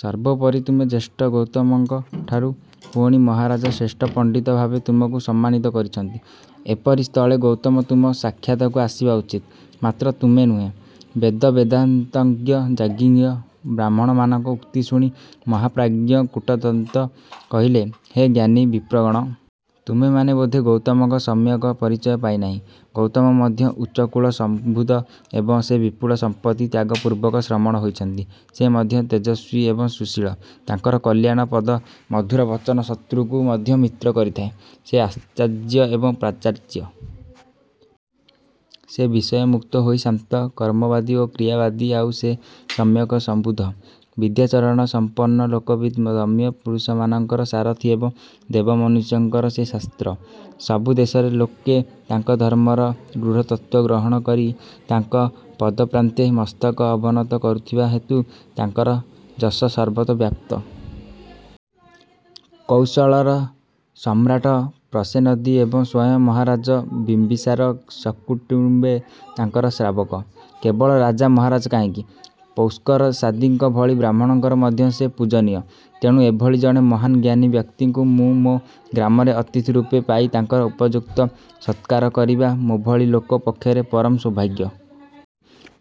ସର୍ବୋପରି ତୁମେ ଜ୍ୟେଷ୍ଠ ଗୌତମଙ୍କ ଠାରୁ। ପୁଣି ମହାରାଜ ଶ୍ରେଷ୍ଠ ପଣ୍ଡିତ ଭାବେ ତୁମକୁ ସମ୍ମାନିତ କରିଛନ୍ତି। ଏପରି ସ୍ଥଳେ ଗୌତମ ତୁମ ସାକ୍ଷାତକୁ ଆସିବା ଉଚିତ; ମାତ୍ର ତୁମେ ନୁହଁ। ବେଦ ବେଦାନ୍ତଜ୍ଞ ଯାଜ୍ଞିକ ବ୍ରାହ୍ମଣମାନଙ୍କ ଉକ୍ତି ଶୁଣି ମହାପ୍ରାଜ୍ଞ କୂଟଦନ୍ତ କହିଲେ, ହେ ଜ୍ଞାନୀ ବିପ୍ରଗଣ! ତୁମେମାନେ ବୋଧେ ଗୌତମଙ୍କ ସମ୍ୟକ ପରିଚୟ ପାଇନାହିଁ। ଗୌତମ ମଧ୍ୟ ଉଚ୍ଚକୁଳ ସମ୍ଭୂତ ଏବଂ ସେ ବିପୁଳ ସମ୍ପତ୍ତି ତ୍ୟାଗପୂର୍ବକ ଶ୍ରମଣ ହୋଇଛନ୍ତି। ସେ ମଧ୍ୟ ତେଜସ୍ୱୀ ଏବଂ ସୁଶୀଳ। ତାଙ୍କର କଲ୍ୟାଣ ପ୍ରଦ ମଧୁର ବଚନ ଶତୃକୁ ମଧ୍ୟ ମିତ୍ର କରିଥାଏ। ସେ ଆଚାର୍ଯ୍ୟ ଏବଂ ପ୍ରାଚାର୍ଯ୍ୟ। ସେ ବିଷୟ ମୁକ୍ତ ହୋଇ ଶାନ୍ତ, କର୍ମବାଦୀ ଓ କ୍ରିୟାବାଦୀ-ଆଉ ସେ ସମ୍ୟକ ସଂବୁଦ୍ଧ, ବିଦ୍ୟାଚରଣ ସମ୍ପନ୍ନ ଲୋକବିଦ୍ ଦମ୍ୟ ପୁରୁଷମାନଙ୍କର ସାରଥୀ ଏବଂ ଦେବମନୁଷ୍ୟଙ୍କର ସେ ଶାସ୍ତ୍ର। ସବୁଦେଶରେ ଲୋକେ ତାଙ୍କ ଧର୍ମର ଗୂଢ଼ତତ୍ତ୍ୱ ଗ୍ରହଣ କରି ତାଙ୍କ ପଦପ୍ରାନ୍ତେ ମସ୍ତକ ଅବନତ କରୁଥିବା ହେତୁ ତାଙ୍କର ଯଶ ସର୍ବତ୍ର ବ୍ୟାପ୍ତ। କୋଶଳର ସମ୍ରାଟ ପସେନଦୀ ଏବଂ ସ୍ୱୟଂ ମହାରାଜ ବିମ୍ୱିସାର ସକୁଟୁମ୍ୱେ ତାଙ୍କର ଶ୍ରାବକ। କେବଳ ରାଜା ମହାରାଜା କାହିଁକି ପୌଷ୍କରସାଦୀଙ୍କ ଭଳି ବ୍ରାହ୍ମଣଙ୍କର ମଧ୍ୟ ସେ ପୂଜନୀୟ। ତେଣୁ ଏଭଳି ଜଣେ ମହାନ୍ ଜ୍ଞାନୀ ବ୍ୟକ୍ତିଙ୍କୁ ମୁଁମୋ ଗ୍ରାମରେ ଅତିଥି ରୂପେ ପାଇ ତାଙ୍କର ଉପଯୁକ୍ତ ସତ୍କାର କରିବା ମୋଭଳି ଲୋକ ପକ୍ଷରେ ପରମ ସୌଭାଗ୍ୟ।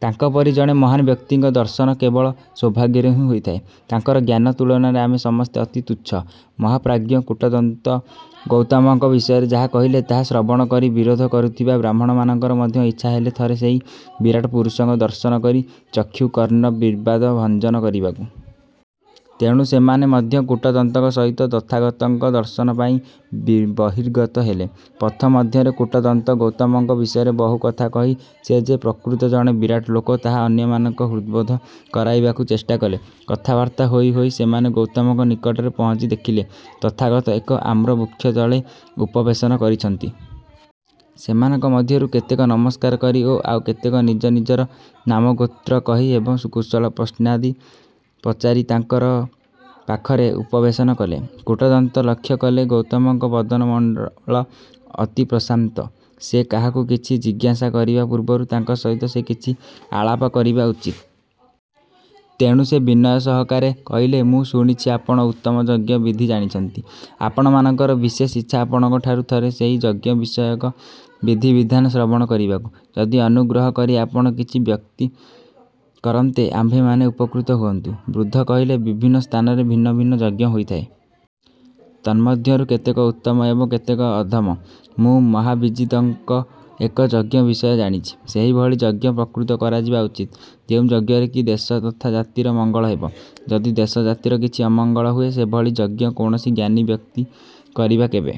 ତାଙ୍କପରି ଜଣେ ମହାନ୍ ବ୍ୟକ୍ତିଙ୍କ ଦର୍ଶନ କେବଳ ସୌଭାଗ୍ୟରୁ ହିଁ ହୋଇଥାଏ। ତାଙ୍କର ଜ୍ଞାନ ତୁଳନାରେ ଆମେ ସମସ୍ତେ ଅତି ତୁଚ୍ଛ। ମହାପ୍ରାଜ୍ଞ କୂଟଦନ୍ତ ଗୌତମଙ୍କ ବିଷୟରେ ଯାହା କହିଲେ ତାହା ଶ୍ରବଣ କରି ବିରୋଧ କରୁଥିବା ବ୍ରାହ୍ମଣମାନଙ୍କର ମଧ୍ୟ ଇଚ୍ଛାହେଲା ଥରେ ସେହି ବିରାଟ ପୁରୁଷଙ୍କ ଦର୍ଶନ କରି ଚକ୍ଷୁ କର୍ଣ୍ଣ ବିବାଦ ଭଞ୍ଜନ କରିବାକୁ। ତେଣୁ ସେମାନେ ମଧ୍ୟ କୂଟଦନ୍ତଙ୍କ ସହିତ ତଥାଗତଙ୍କ ଦର୍ଶନ ପାଇଁ ବହିର୍ଗତ ହେଲେ। ପଥ ମଧ୍ୟରେ କୂଟଦନ୍ତ ଗୌତମଙ୍କ ବିଷୟରେ ବହୁ କଥା କହି ସେ ଯେ ପ୍ରକୃତ ଜଣେ ବିରାଟ ଲୋକ ତାହା ଅନ୍ୟମାନଙ୍କ ହୃଦବୋଧ କରାଇବାକୁ ଚେଷ୍ଟା କଲେ। କଥାବାର୍ତ୍ତା ହୋଇ ହୋଇ ସେମାନେ ଗୌତମଙ୍କ ନିକଟରେ ପହଞ୍ଚି ଦେଖିଲେ, ତଥାଗତ ଏକ ଆମ୍ରବୃକ୍ଷତଳେ ଉପବେଶନ କରିଛନ୍ତି। ସେମାନଙ୍କ ମଧ୍ୟରୁ କେତେକ ନମସ୍କାର କରି ଓ ଆଉ କେତେକ ନିଜ ନିଜର ନାମଗୋତ୍ର କହି ଏବଂ କୁଶଳ ପ୍ରଶ୍ନାଦି ପଚାରି ତାଙ୍କ ପାଖରେ ଉପବେଶନ କଲେ। କୂଟଦନ୍ତ ଲକ୍ଷ୍ୟ କଲେ ଗୌତମଙ୍କ ବଦନ ମଣ୍ଡଳ ଅତି ପ୍ରଶାନ୍ତ। ସେ କାହାକୁ କିଛି ଜିଜ୍ଞାସା କରିବା ପୂର୍ବରୁ ତାଙ୍କ ସହିତ ସେ କିଛି ଆଳାପ କରିବା ଉଚିତ। ତେଣୁ ସେ ବିନୟ ସହକାରେ କହିଲେ-ମୁଁ ଶୁଣିଛି ଆପଣ ଉତ୍ତମ ଯଜ୍ଞ ବିଦ୍ଧି ଜାଣିଛନ୍ତି। ଆମ୍ଭମାନଙ୍କର ବିଶେଷ ଇଚ୍ଛା ଆପଣଙ୍କଠାରୁ ଥରେ ସେହି ଯଜ୍ଞ ବିଷୟକ ବିଧିବିଧାନ ଶ୍ରବଣ କରିବାକୁ। ଯଦି ଅନୁଗ୍ରହ କରି ଆପଣ କିଛି ବ୍ୟକ୍ତ କରନ୍ତେ ଆମ୍ଭେମାନେ ଉପକୃତ ହୁଅନ୍ତୁ। ବୁଦ୍ଧ କହିଲେ, ବିଭିନ୍ନ ସ୍ଥାନରେ ଭିନ୍ନ ଭିନ୍ନ ଯଜ୍ଞ ହୋଇଥାଏ। ତନ୍ମଧ୍ୟରୁ କେତେକ ଉତ୍ତମ ଏବଂ କେତେକ ଅଧମ। ମୁଁ ମହାବିଜିତଙ୍କ ଏକ ଯଜ୍ଞ ବିଷୟ ଜାଣିଛି। ସେହିଭଳି ଯଜ୍ଞ ପ୍ରକୃତ କରାଯିବା ଉଚିତ୍। ଯେଉଁ ଯଜ୍ଞରେ କି ଦେଶ ତଥା ଜାତିର ମଙ୍ଗଳ ହେବ। ଯଦି ଦେଶ ଜାତିର କିଛି ଅମଙ୍ଗଳ ହୁଏ ସେଭଳି ଯଜ୍ଞ କୌଣସି ଜ୍ଞାନୀ ବ୍ୟକ୍ତି କରିବା କେବେ